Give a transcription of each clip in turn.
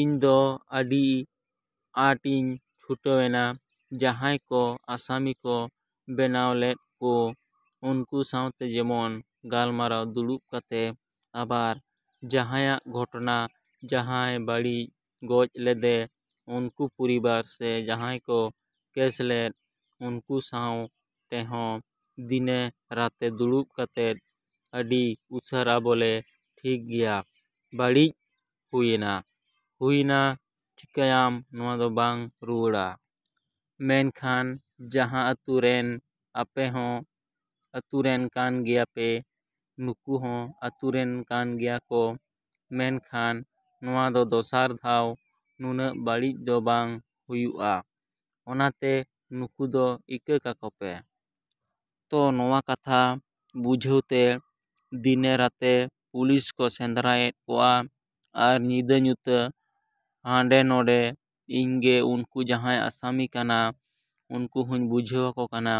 ᱤᱧ ᱫᱚ ᱟᱹᱰᱤ ᱟᱴ ᱤᱧ ᱪᱷᱩᱴᱟᱹᱣ ᱮᱱᱟ᱾ ᱡᱟᱦᱟᱭ ᱠᱚ ᱟᱥᱟᱢᱤ ᱠᱚ ᱵᱮᱱᱟᱣ ᱞᱮᱫᱠᱩ ᱩᱱᱠᱩ ᱥᱟᱶᱛᱮ ᱡᱮᱢᱚᱱ ᱜᱟᱞᱢᱟᱨᱟᱣ ᱫᱩᱲᱩᱵ ᱠᱟᱛᱮ, ᱟᱵᱟᱨ ᱡᱟᱸᱦᱟᱭᱟᱜ ᱜᱷᱚᱴᱚᱱᱟ ᱡᱟᱸᱦᱟᱭ ᱵᱟᱹᱲᱤᱡ ᱜᱚᱡ ᱞᱮᱫᱮ ᱩᱱᱠᱩ ᱯᱚᱨᱤᱵᱟᱨ ᱥᱮ ᱡᱟᱸᱦᱟᱭ ᱠᱚ ᱠᱮᱥ ᱞᱮᱫ, ᱩᱱᱠᱩ ᱥᱟᱶ ᱴᱮᱦᱚᱸ ᱫᱤᱱᱮ ᱨᱟᱛᱮ ᱫᱩᱲᱩᱵ ᱠᱟᱛᱮ ᱟᱹᱰᱤ ᱩᱥᱟᱹᱨᱟ ᱵᱚᱞᱮ ᱴᱷᱤᱠ ᱜᱮᱭᱟ ᱵᱟᱹᱲᱤᱡ ᱦᱩᱭᱮᱱᱟ ᱦᱩᱭᱮᱱᱟ ᱪᱮᱠᱟᱭᱟᱢ ᱱᱚᱣᱟ ᱫᱚ ᱵᱟᱝ ᱨᱩᱭᱟᱹᱲᱟ ᱾ ᱢᱮᱱᱠᱷᱟᱱ ᱡᱟᱦᱟᱸ ᱟᱛᱳᱨᱮᱱ ᱟᱯᱮ ᱦᱚᱸ ᱟᱛᱳ ᱨᱮᱱ ᱠᱟᱱᱜᱮᱭᱟ ᱯᱮ ᱱᱩᱠᱩ ᱦᱚᱸ ᱟᱛᱳ ᱨᱮᱱ ᱠᱟᱱ ᱜᱮᱭᱟ ᱠᱚ ᱢᱮᱱᱠᱷᱟᱱ ᱱᱚᱶᱟ ᱫᱚ ᱫᱚᱥᱟᱨ ᱫᱷᱟᱣ ᱱᱩᱱᱟᱹᱜ ᱵᱟᱹᱲᱤᱡ ᱫᱚ ᱵᱟᱝ ᱦᱩᱭᱩᱜᱼᱟ, ᱚᱱᱟ ᱛᱮ ᱱᱩᱠᱩ ᱫᱚ ᱤᱠᱟᱹ ᱠᱟᱠᱚ ᱯᱮ᱾ ᱛᱚ ᱱᱚᱶᱟ ᱠᱟᱛᱷᱟ ᱵᱩᱡᱷᱟᱹᱣ ᱛᱮ ᱫᱤᱱᱮ ᱨᱟᱛᱮ ᱯᱩᱞᱤᱥ ᱠᱚ ᱥᱮᱸᱫᱽᱨᱟᱭᱮᱫ ᱠᱚᱣᱟ ᱟᱨ ᱧᱤᱫᱟᱹ ᱧᱩᱛᱟᱹ ᱦᱟᱰᱮ ᱱᱚᱰᱮ ᱤᱧ ᱜᱮ ᱩᱱᱠᱩ ᱡᱟᱦᱟᱸᱭ ᱟᱥᱟᱢᱤ ᱠᱟᱱᱟ ᱩᱱᱠᱩ ᱦᱚᱸᱧ ᱵᱩᱡᱷᱟᱹᱣ ᱟᱠᱚ ᱠᱟᱱᱟ,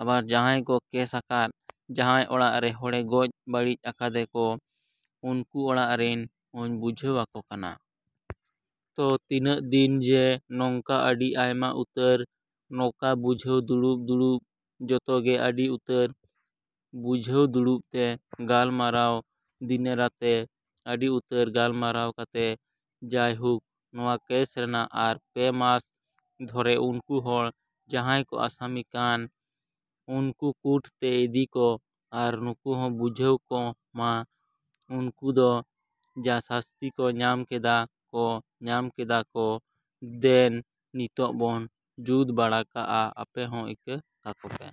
ᱟᱵᱟᱨ ᱡᱟᱦᱟᱸᱭ ᱠᱚ ᱠᱮᱥ ᱟᱠᱟᱫ ᱡᱟᱦᱟᱸᱭ ᱚᱲᱟᱜ ᱨᱮ ᱦᱚᱲᱮ ᱜᱚᱡᱽ ᱵᱟᱹᱲᱤᱡ ᱟᱠᱟᱫᱮ ᱠᱚ ᱩᱱᱠᱩ ᱚᱲᱟᱜ ᱨᱮᱱ ᱦᱚᱸᱧ ᱵᱩᱡᱷᱟᱹᱣ ᱟᱹᱠᱚ ᱠᱟᱱᱟ᱾ ᱛᱚ ᱛᱤᱱᱟᱹᱜ ᱫᱤᱱ ᱡᱮ ᱱᱚᱱᱠᱟ ᱟᱹᱰᱤ ᱟᱭᱢᱟ ᱩᱛᱟᱹᱨ ᱱᱚᱠᱟ ᱵᱩᱡᱷᱟᱹᱣ ᱫᱩᱲᱩᱵ ᱫᱩᱲᱩᱵ ᱡᱚᱛᱚ ᱜᱮ ᱟᱹᱰᱤ ᱩᱛᱟᱹᱨ ᱵᱩᱡᱷᱟᱹᱣ ᱫᱩᱲᱩᱵᱛᱮ ᱜᱟᱞᱢᱟᱨᱟᱣ ᱫᱤᱱᱮ ᱨᱟᱛᱮ ᱟᱹᱰᱤ ᱩᱛᱟᱹᱨ ᱜᱟᱞᱢᱟᱨᱟᱣ ᱠᱟᱛᱮ ᱡᱟᱭᱦᱳᱠ ᱱᱚᱶᱟ ᱠᱮᱥ ᱨᱮᱱᱟᱜ ᱟᱨ ᱯᱮ ᱢᱟᱥ ᱫᱷᱚᱨᱮ ᱩᱱᱠᱩ ᱦᱚᱲ ᱡᱟᱦᱟᱸᱭ ᱠᱚ ᱟᱥᱟᱢᱤ ᱠᱟᱱ ᱩᱱᱠᱩ ᱠᱳᱴ ᱛᱮ ᱤᱫᱤ ᱠᱚ ᱟᱨ ᱱᱩᱠᱩ ᱦᱚᱸ ᱵᱩᱡᱷᱟᱹᱣ ᱠᱚ ᱢᱟ ᱩᱱᱠᱩ ᱫᱚ ᱡᱟ ᱥᱟᱹᱥᱛᱤ ᱠᱚ ᱧᱟᱢ ᱠᱮᱫᱟ ᱠᱚ ᱧᱟᱢ ᱠᱮᱫᱟ ᱠᱚ ᱫᱮᱱ ᱱᱤᱛᱚᱜ ᱵᱚᱱ ᱡᱩᱛ ᱵᱟᱲᱟ ᱠᱟᱜᱼᱟ ᱟᱯᱮ ᱦᱚᱸ ᱤᱠᱟᱹ ᱠᱟᱠᱚ ᱯᱮ᱾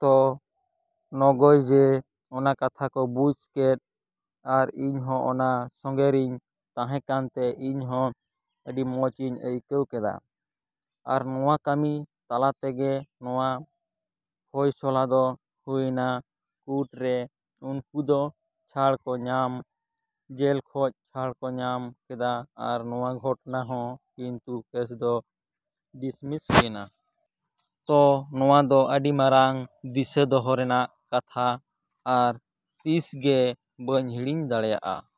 ᱛᱚ ᱱᱚᱜᱚᱭ ᱡᱮ ᱚᱱᱟ ᱠᱟᱛᱷᱟ ᱠᱚ ᱵᱩᱡ ᱠᱮᱫ ᱟᱨ ᱤᱧ ᱦᱚᱸ ᱚᱱᱟ ᱥᱚᱸᱜᱮᱨᱤᱧ ᱛᱟᱦᱮᱸ ᱠᱟᱱᱛᱮ ᱤᱧ ᱦᱚᱸ ᱟᱹᱰᱤ ᱢᱚᱸᱡᱽ ᱤᱧ ᱟᱹᱭᱠᱟᱹᱣ ᱠᱮᱫᱟ᱾ ᱟᱨ ᱱᱚᱶᱟ ᱠᱟᱹᱢᱤ ᱛᱟᱞᱟ ᱛᱮᱜᱮ ᱱᱚᱶᱟ ᱯᱷᱚᱭᱥᱚᱞᱟ ᱫᱚ ᱦᱩᱭᱮᱱᱟ᱾ ᱠᱳᱴ ᱨᱮ ᱩᱱᱠᱩ ᱫᱚ ᱪᱷᱟᱹᱲ ᱠᱚ ᱧᱟᱢ ᱡᱮᱞ ᱠᱷᱚᱡ ᱪᱷᱟᱹᱲ ᱠᱚ ᱧᱟᱢ ᱠᱮᱫᱟ ᱟᱨ ᱱᱚᱣᱟ ᱜᱷᱚᱴᱚᱱᱟ ᱦᱚᱸ ᱠᱤᱱᱛᱩ ᱠᱮᱥ ᱫᱚ ᱰᱤᱥᱢᱤᱥ ᱦᱩᱭᱮᱱᱟ᱾ ᱛᱚ ᱱᱚᱣᱟ ᱫᱚ ᱟᱹᱰᱤ ᱢᱟᱨᱟᱝ ᱫᱤᱥᱟᱹ ᱫᱚᱦᱚ ᱨᱮᱱᱟᱜ ᱠᱟᱛᱷᱟ ᱟᱨ ᱛᱤᱥ ᱜᱮ ᱵᱟᱹᱧ ᱦᱤᱲᱤᱧ ᱫᱟᱲᱮᱭᱟᱜᱼᱟ।